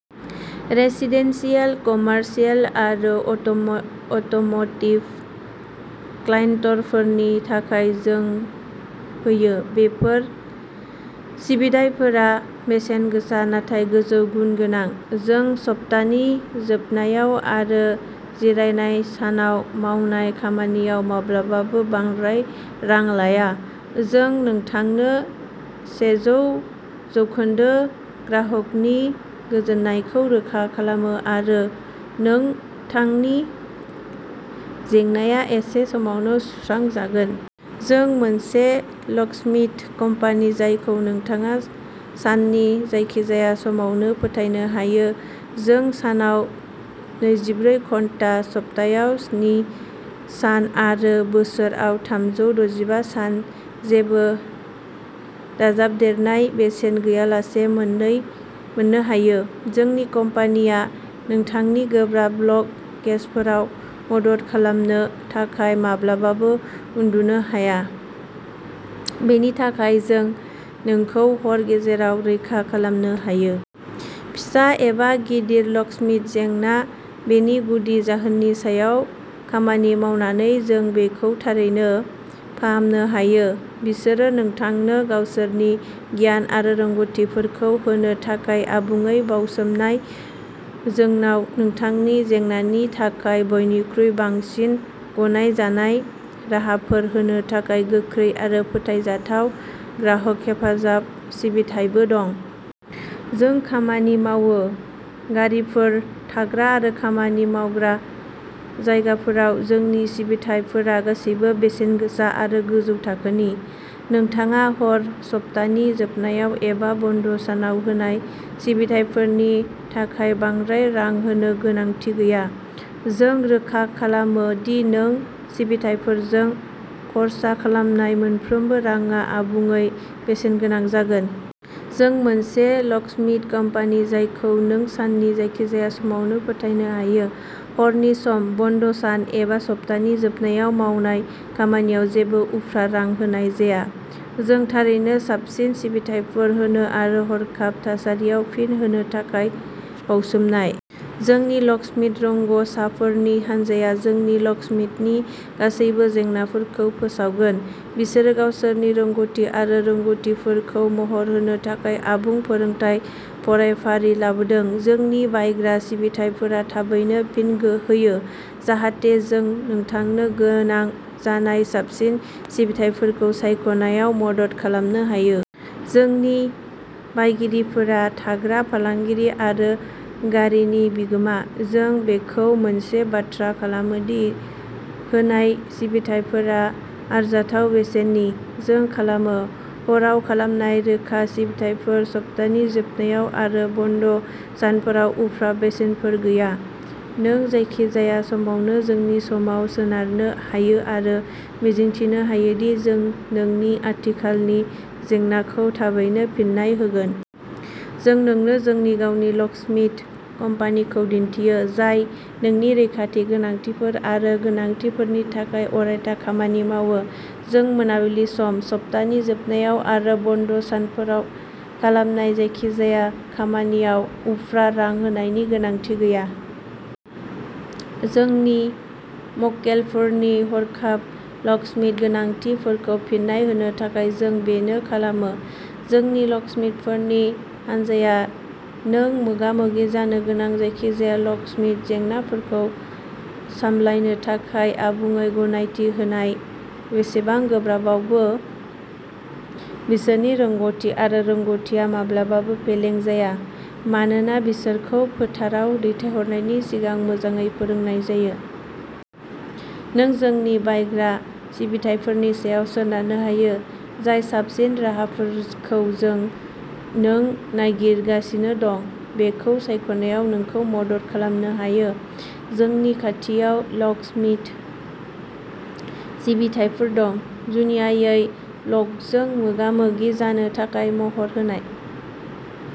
Residential, commercial आरो automotive क्लाइन्टफोरनि थाखाय जों होयो। बेफोर सिबिथाइफोरा बेसेनगोसा नाथाय गोजौ गुन गोनां। जों सप्तानि जोबनायाव आरो जिरायनाय सानाव मावनाय खामानियाव माब्लाबाबो बांद्राय रां लाया। जों नोंथांनो सेजौ जौखोन्दो ग्राहकनि गोजोननायखौ रोखा खालामो आरो नोंथांनि जेंनाया एसे समावनो सुस्रांजागोन। जों मोनसे लकस्मिथ कम्पानि जायखौ नोंथाङा साननि जायखिजाया समावनो फोथायनो हायो। जों सानाव नैजिब्रै घन्टा, सप्तायाव स्नि सान आरो बोसोराव थामजौ दजिबा सान जेबो दाजाबदेरनाय बेसेन गैयालासे मोननो हायो। जोंनि कम्पानिया नोंथांनि गोब्राब लक केसफोराव मदद खालामनो थाखाय माब्लाबाबो उन्दुनो हाया, बेनि थाखाय जों नोंखौ हर गेजेराव रैखा खालामनो हायो। फिसा एबा गिदिर लकस्मिथ जेंना बेनि गुदि जाहोननि सायाव खामानि मावनानै, जों बेखौ थारैनो फाहामनो हायो। बिसोरो नोंथांनो गावसोरनि गियान आरो रोंग'थिफोरखौ होनो थाखाय आबुङै बाउसोमनाय। जोंनाव नोंथांनि जेंनानि थाखाय बयनिख्रुइ बांसिन गनायजानाय राहाफोर होनो थाखाय गोख्रै आरो फोथायजाथाव ग्राहक हेफाजाब सिबिथाइबो दं। जों खामानि मावो। गारिफोर, थाग्रा आरो खामानि मावग्रा जायगाफोराव। जोंनि सिबिथाइफोरा गासैबो बेसेनगोसा आरो गोजौ थाखोनि। नोंथाङा हर, सप्तानि जोबनायाव एबा बन्द' सानाव होनाय सिबिथाइफोरनि थाखाय बांद्राय रां होनो गोनांथि गैया। जों रोखा खालामो दि नों सिबिथाइफोरजों खर्सा खालामनाय मोनफ्रोमबो रांआ आबुङै बेसेनगोनां जागोन। जों मोनसे लकस्मिथ कम्पानि जायखौ नों साननि जायखिजाया समावनो फोथायनो हायो। हरनि सम, बन्द' सान एबा सप्तानि जोबनायाव मावनाय खामानियाव जेबो उफ्रा रां होनाय जाया। जों थारैनो साबसिन सिबिथाइफोर होनो आरो हरखाब थासारियाव फिन होनो थाखाय बावसोमनाय। जोंनि लकस्मिथ रोंग'साफोरनि हानजाया नोंनि लकस्मिथनि गासैबो जेंनाफोरखौ फोसाबगोन। बिसोरो गावसोरनि रोंग'थि आरो रोंग'थिफोरखौ महर होनो थाखाय आबुं फोरोंथाय फरायफारि लादोंमोन। जोंनि बायग्रा सिबिथाइफोरा थाबैनो फिन होयो जाहाथे जों नोंथांनो गोनां जानाय साबसिन सिबिथाइफोरखौ सायख'नायाव मदद खालामनो हायो। जोंनि बायगिरिफोरा थाग्रा, फालांगियारि आरो गारिनि बिगोमा। जों बेखौ मोनसे बाथ्रा खालामो दि होनाय सिबिथाइफोरा आरजाथाव बेसेननि। जों खालामो। हरआव खालामनाय रोखा सिबिथाइफोर; सप्तानि जोबनायाव आरो बन्द' सानफोराव उफ्रा बेसेनफोर गैया। नों जायखिजाया समावनो जोंनि सायाव सोनारनो हायो आरो मिजिंथिनो हायो दि जों नोंनि आथिखालनि जेंनाखौ थाबैनो फिन्नाय होगोन। जों नोंनो जोंनि गावनि लकस्मिथ कम्पानिखौ दिन्थियो, जाय नोंनि रैखाथि गोनांथिफोर आरो गोनांथिफोरनि थाखाय अरायथा खामानि मावो। जों मोनाबिलि सम, सप्तानि जोबनायाव आरो बन्द' सानफोराव खालामनाय जायखिजाया खामानियाव उफ्रा रां होनायनि गोनांथि गैया। जोंनि मक्केलफोरनि हरखाब लकस्मिथ गोनांथिफोरखौ फिन्नाय होनो थाखाय जों बेनो खालामो। जोंनि लकस्मिथफोरनि हानजाया नों मोगा-मोगि जानो गोनां जायखिजाया लकस्मिथ जेंनाफोरखौ सामलायनो थाखाय आबुङै गनायथि होजानाय, जेसेबां गोब्राबब्लाबो। बिसोरनि रोंग'थि आरो रोंग'थिआ माब्लाबाबो फेलें जाया मानोना बिसोरखौ फोथाराव दैथायहरनायनि सिगां मोजाङै फोरोंनाय जायो। नों जोंनि बायग्रा सिबिथाइफोरनि सायाव सोनारनो हायो, जाय साबसिन राहाफोरखौ नों नागिरगासिनो दं बेखौ सायख'नायाव नोंखौ मदद खालामनो हायो। जोंनि खाथियाव लकस्मिथ सिबिथाइफोर दं, जुनियायै लकजों मोगा-मोगि जानो थाखाय महर होनाय।